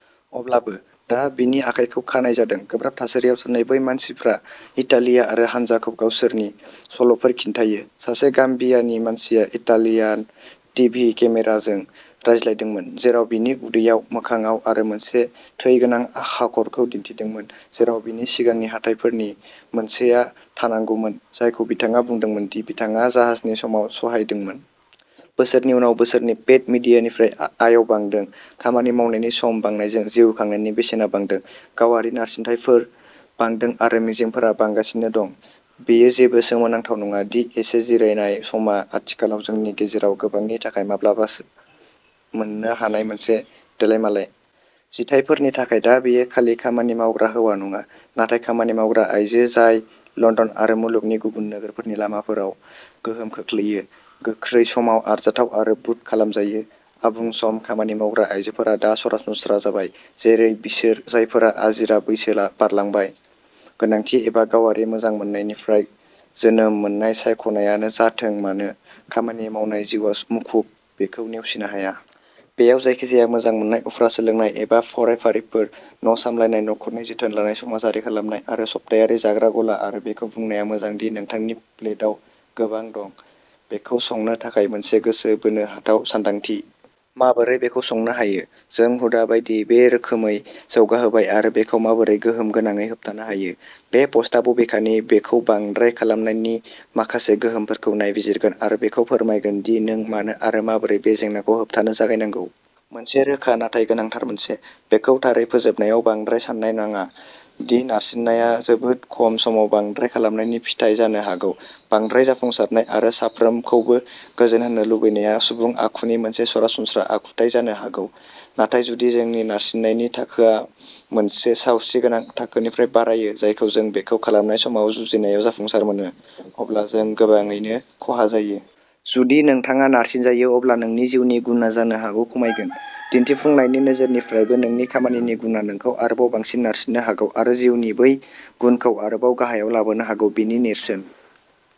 " अब्लाबो दा, बिनि आखाइखौ खानाय जादों। गोब्राब थासारियाव थानाय बै मानसिफ्रा इटालिया आरो हानजाखौ गावसोरनि सल'फोर खिन्थायो। सासे गाम्बियानि मानसिया इटालियान टिभि केमेराजों रायज्लायदोंमोन, जेराव बिनि उदैयाव, मोखांआव आरो मोनसे थै गोनां हाखरखौ दिन्थिदोंमोन जेराव बिनि सिगांनि हाथाइफोरनि मोनसेआ थानांगौमोन, जायखौ बिथाङा बुंदोंमोन दि बिथाङा जाहाजनि समाव सहायदोंमोन। बोसोरनि उनाव बोसोरनि पेइड मिडियानिफ्राय आयाव बांदों। खामानि मावनायनि सम बांनायजों, जिउ खांनायनि बेसेना बांदों, गावारि नारसिनथायफोर बांदों आरो मिजिंफोरा बांगासिनो दं, बेयो जेबो सोमोनांथाव नङा दि एसे जिरायनाय समआ आथिखालाव जोंनि गेजेराव गोबांनि थाखाय माब्लाबासो मोननो हानाय मोनसे देलायमालाय। जिथायफोरनि थाखाय दा बेयो खालि खामानि मावग्रा हौवा नङा, नाथाय खामानि मावग्रा आइजो जाय लन्दन आरो मुलुगनि गुबुन नोगोरफोरनि लामाफोराव गोहोम खोख्लैयो, गोख्रै समाव आरजाथाव आरो बुट खालामजायो। आबुं सम खामानि मावग्रा आइजोफोरा दा सरासनस्रा जाबाय जेरै बिसोर जायफोरा आजिरा बैसो बारलांबाय; गोनांथि एबा गावारि मोजां मोननायनिफ्राय जोनोम मोननाय सायख'नायानो जाथों मानो, खामानि मावनाय जिउआ मुखुब बेखौ नेवसिनो हाया। बेयाव जायखिजाया मोजां मोननाय, उफ्रा सोलोंनाय एबा फरायफारिफोर, न'सामलायनाय, नखरनि जोथोन लानाय, समाजारि खालामनाय आरो सप्तायारि जाग्रा गला आरो बेखौ बुंनाया मोजां दि नोंथांनि प्लेटाव गोबां दं। बेखौ संनो थाखाय मोनसे गोसो बोनो हाथाव सानदांथि। माबोरै बेखौ संनो हायो। जों हुदा बायदियै बे रोखोमै जौगाहोबाय आरो बेखौ माबोरै गोहोम गोनाङै होबथानो हायो, बे पस्टआ बबेखानि बेखौ "बांद्राय" खालामनायनि माखासे गोहोमफोरखौ नायबिजिरगोन आरो बेखौ फोरमायगोन दि नों मानो आरो माबोरै बे जेंनाखौ होबथानो जागायनांगौ। मोनसे रोखा नाथाय गोनांथार मोनसे। बेखौ थारै फोजोबनायाव बांद्राय सान्नाय नाङा दि नारसिननाया जोबोद खम समाव बांद्राय खालामनायनि फिथाय जानो हागौ। बांद्राय जाफुंसारनाय आरो साफ्रोमखौबो गोजोनहोनो लुबैनाया सुबुं आखुनि मोनसे सरासनस्रा आखुथाइ जानो हागौ, नाथाय जुदि जोंनि नारसिननायनि थाखोआ मोनसे सावस्रिगोनां थाखोनिफ्राय बारायो जायखौ जों बेखौ खालामनाय समाव जुजिनायाव जाफुंसार मोनो, अब्ला जों गोबाङैनो खहा जायो। जुदि नोंथाङा नारसिनजायो अब्ला नोंनि जिउनि गुनआ जानो हागौ खमायगोन। दिन्थिफुंनायनि नोजोरनिफ्रायबो नोंनि खामानिनि गुनआ नोंखौ आरोबाव बांसिन नारसिननो हागौ आरो जिउनि बै गुनखौ आरोबाव गाहायाव लाबोनो हागौ-बेनि नेरसोन।